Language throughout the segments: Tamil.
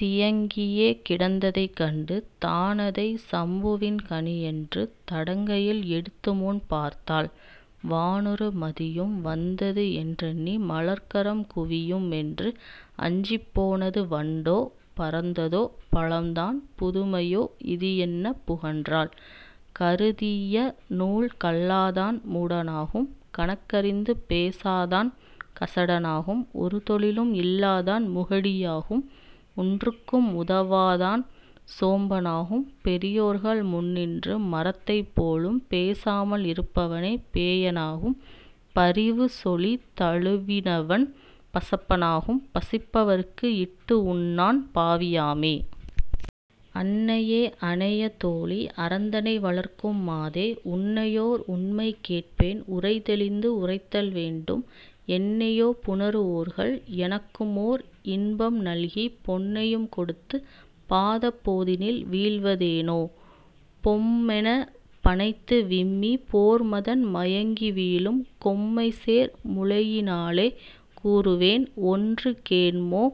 தியங்கியே கிடந்ததைக் கண்டு தானதைச் சம்புவின் கனி என்று தடங்கையில் எடுத்துமுன் பார்த்தாள் வானுறு மதியும் வந்தது என்றெண்ணி மலர்கரம் குவியும் என்று அஞ்சிப் போனது வண்டோ பறந்ததோ பழம் தான் புதுமையோ இது என்னப் புகன்றாள்.. கருதிய நூல் கல்லாதான் மூடனாகும் கணக்கறிந்து பேசாதான் கசடனாகும் ஒரு தொழிலும் இல்லாதான் முகடியாகும் ஒன்றுக்கும் உதவாதான் சோம்பனாகும் பெரியோர்கள் முன்னின்று மரத்தைப் போலும் பேசாமல் இருப்பவனே பேயனாகும் பரிவு சொலித் தழிவினவன் பசப்பனாகும் பசிப்பவருக்கு இட்டு உண்ணான் பாவியாமே.. அன்னையே அனைய தோழி அறந்தனை வளர்க்கும் மாதே உன்னையோர் உண்மை கேட்பேன் உரை தெளிந்து உரைத்தல் வேண்டும் என்னையோ புணருவோர்கள் எனக்குமோர் இன்பம் நல்கிப் பொன்னையும் கொடுத்துப் பாதப் போதினில் வீழ்வதேனோ?. பொம்மெனப் பணைத்து விம்மிப் போர்மதன் மயங்கி வீழும் கொம்மைசேர் முலையினாளே கூறுவேன் ஒன்று கேண்மோ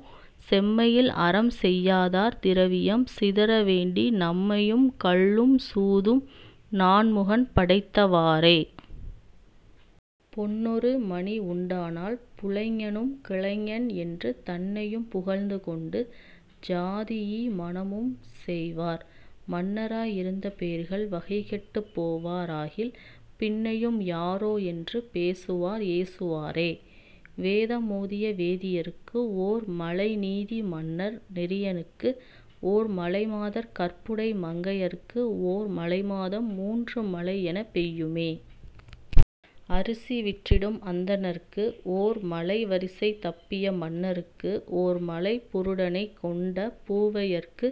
செம்மையில் அறம் செய்யாதார் திரவியம் சிதற வேண்டி நம்மையும் கள்ளும் சூதும் நான்முகன் படைத்தவாறே!. பொன்னொரு மணி உண்டானால் புலைஞனும் கிளைஞன் என்று தன்னையும் புகழ்ந்து கொண்டு சாதியி மணமும் செய்வார் மன்னராய் இருந்த பேர்கள் வகைகெட்டுப் போவார் ஆகில் பின்னையும் யாரோ என்று பேசுவார் ஏசுவாரே!. வேதம் ஓதிய வேதியர்க்கு ஓர் மழை நீதி மன்னர் நெறியனுக்கு ஓர் மழை மாதர் கற்புடை மங்கையர்க்கு ஓர் மழை மாதம் மூன்று மழைஎனப் பெய்யுமே.. அரிசி விற்றிடும் அந்தணர்க்கு ஓர் மழை வரிசை தப்பிய மன்னருக்கு ஓர் மழை புருடனைக் கொன்ற பூவையர்க்கு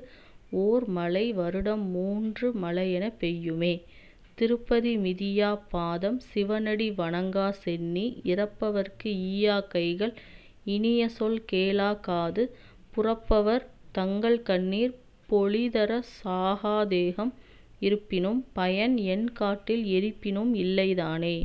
ஓர் மழை வருடம் மூன்று மழையெனப் பெய்யுமே.. திருப்பதி மிதியாப் பாதம் சிவனடி வணங்காச் சென்னி இரப்பவர்க்கு ஈயாக் கைகள் இனிய சொல் கேளாக் காது புரப்பவர் தங்கள் கண்ணீர் பொழிதரச் சாகாத் தேகம் இருப்பினும் பயன் என் காட்டில் எரிப்பினும் இல்லை தானே..